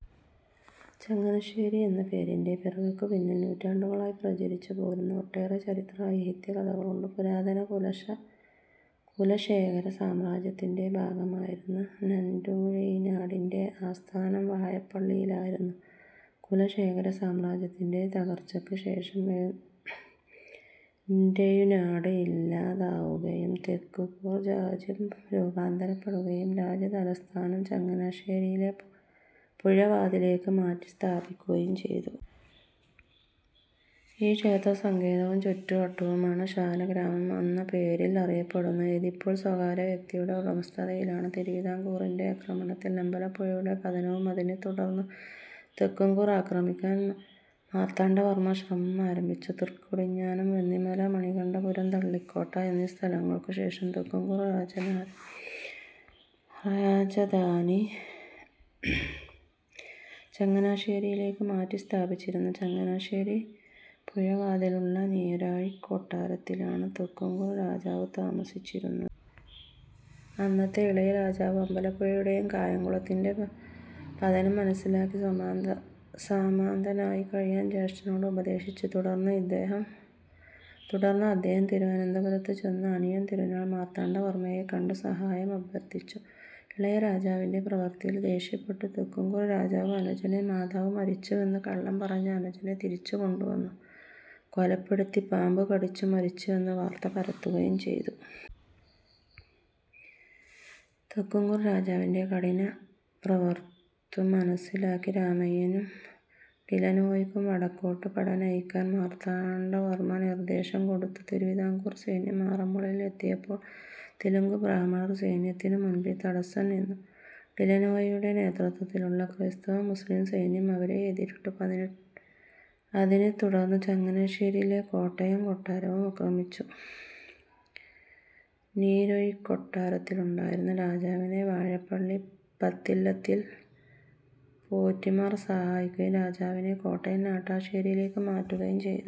ചങ്ങനാശ്ശേരി എന്ന പേരിൻറെ പിറവിക്കു പിന്നിൽ നൂറ്റാണ്ടുകളായി പ്രചരിച്ചു പോരുന്ന ഒട്ടേറെ ചരിത്ര, ഐതിഹ്യ കഥകളുണ്ട്. പുരാതന കുലശേഖര സാമ്രാജ്യത്തിന്റെ ഭാഗമായിരുന്ന നന്റുഴൈനാടിന്റെ ആസ്ഥാനം വാഴപ്പള്ളിയിലായിരുന്നു. കുലശേഖര സാമ്രാജ്യത്തിന്റെ തകർച്ചക്ക് ശേഷം ന്റെഴുനാട് ഇല്ലാതാവുകയും തെക്കുകൂർ രാജ്യം രൂപാന്തരപ്പെടുകയും രാജ്യ തലസ്ഥാനം ചങ്ങനാശ്ശേരിയിലെ പുഴവാതിലേക്ക് മാറ്റി സ്ഥാപിക്കുകയും ചെയ്തു. ഈ ക്ഷേത്രസങ്കേതവും ചുറ്റുവട്ടവുമാണ് ശാലഗ്രാമമെന്നപേരിൽ അറിയപ്പെടുന്നത്. ഇതിപ്പോൾ സ്വകാര്യവ്യക്തിയുടെ ഉടമസ്ഥതയിലാണ്. തിരുവിതാംകൂറിന്റെ ആക്രമണത്തിൽ അമ്പലപ്പുഴയുടെ പതനവും അതിനെത്തുടർന്ന് തെക്കുംകൂർ ആക്രമിക്കാൻ മാർത്താണ്ഡവർമ്മ ശ്രമം ആരംഭിച്ചു. തൃക്കൊടിത്താനം, വെന്നിമല, മണികണ്ഠപുരം, തളിക്കോട്ട, എന്നിസ്ഥലങ്ങൾക്കുശേഷം തെക്കുംകൂർ രാജധാനി ചങ്ങനാശ്ശേരിയിലേക്ക് മാറ്റിസ്ഥാപിച്ചിരുന്നു. ചങ്ങനാശ്ശേരി പുഴവാതിലുള്ള നീരാഴിക്കൊട്ടാരത്തിലാണ് തെക്കുംകൂർ രാജാവ് താമസിച്ചിരുന്നത്. അന്നത്തെ ഇളയരാജാവ് അമ്പലപ്പുഴയുടേയും കായങ്കുളത്തിന്റെ പതനം മനസ്സിലാക്കി സാമന്തനായി കഴിയാൻ ജ്യേഷ്ഠനോട് ഉപദേശിച്ചു, തുടർന്ന് അദ്ദേഹം തിരുവനന്തപുരത്ത് ചെന്ന് അനിഴം തിരുനാൾ മാർത്താണ്ഡവർമ്മയെ കണ്ടു സഹായം അഭ്യർത്ഥിച്ചു. ഇളയരാജാവിന്റെ പ്രവൃത്തിയിൽ ദേഷ്യപ്പെട്ട് തെക്കുംകൂർ രാജാവ് അനുജനെ മാതാവ് മരിച്ചുവെന്ന് കള്ളം പറഞ്ഞ് അനുജനെ തിരിച്ചുകൊണ്ടുവന്നു കൊലപ്പെടുത്തി പാമ്പുകടിച്ചു മരിച്ചുവെന്ന് വാർത്ത പരത്തുകയും ചെയ്തു. തെക്കുംകൂർ രാജാവിന്റെ കഠിനപൃവർത്തു മനസ്സിലാക്കി രാമയ്യനും ഡിലനോയിക്കും വടക്കോട്ട് പടനയിക്കാൻ മാർത്താണ്ഡവർമ്മ നിർദ്ദേശം കൊടുത്തു. തിരുവിതാംകൂർ സൈന്യം ആറന്മുളയിൽ എത്തിയപ്പോൾ തെലുങ്കു ബ്രാഹ്മണർ സൈന്യത്തിനു മുൻപിൽ തടസ്സം നിന്നു. ഡിലനോയിയുടെ നേതൃത്തത്തിലുള്ള ക്രൈസ്തവ-മുസ്ലിം സൈന്യം അവരെ എതിരിട്ടു. അതിനെത്തുടന്ന് ചങ്ങനാശ്ശേരിയിലെ കോട്ടയും കൊട്ടാരവും ആക്രമിച്ചു. നീരാഴിക്കൊട്ടാരത്തിലുണ്ടായിരുന്ന രാജാവിനെ വാഴപ്പള്ളി പത്തില്ലത്തിൽ പോറ്റിമാർ സഹായിക്കുകയും രാജാവിനെ കോട്ടയം നട്ടാശ്ശേരിയിലേക്ക് മാറ്റുകയും ചെയ്തു.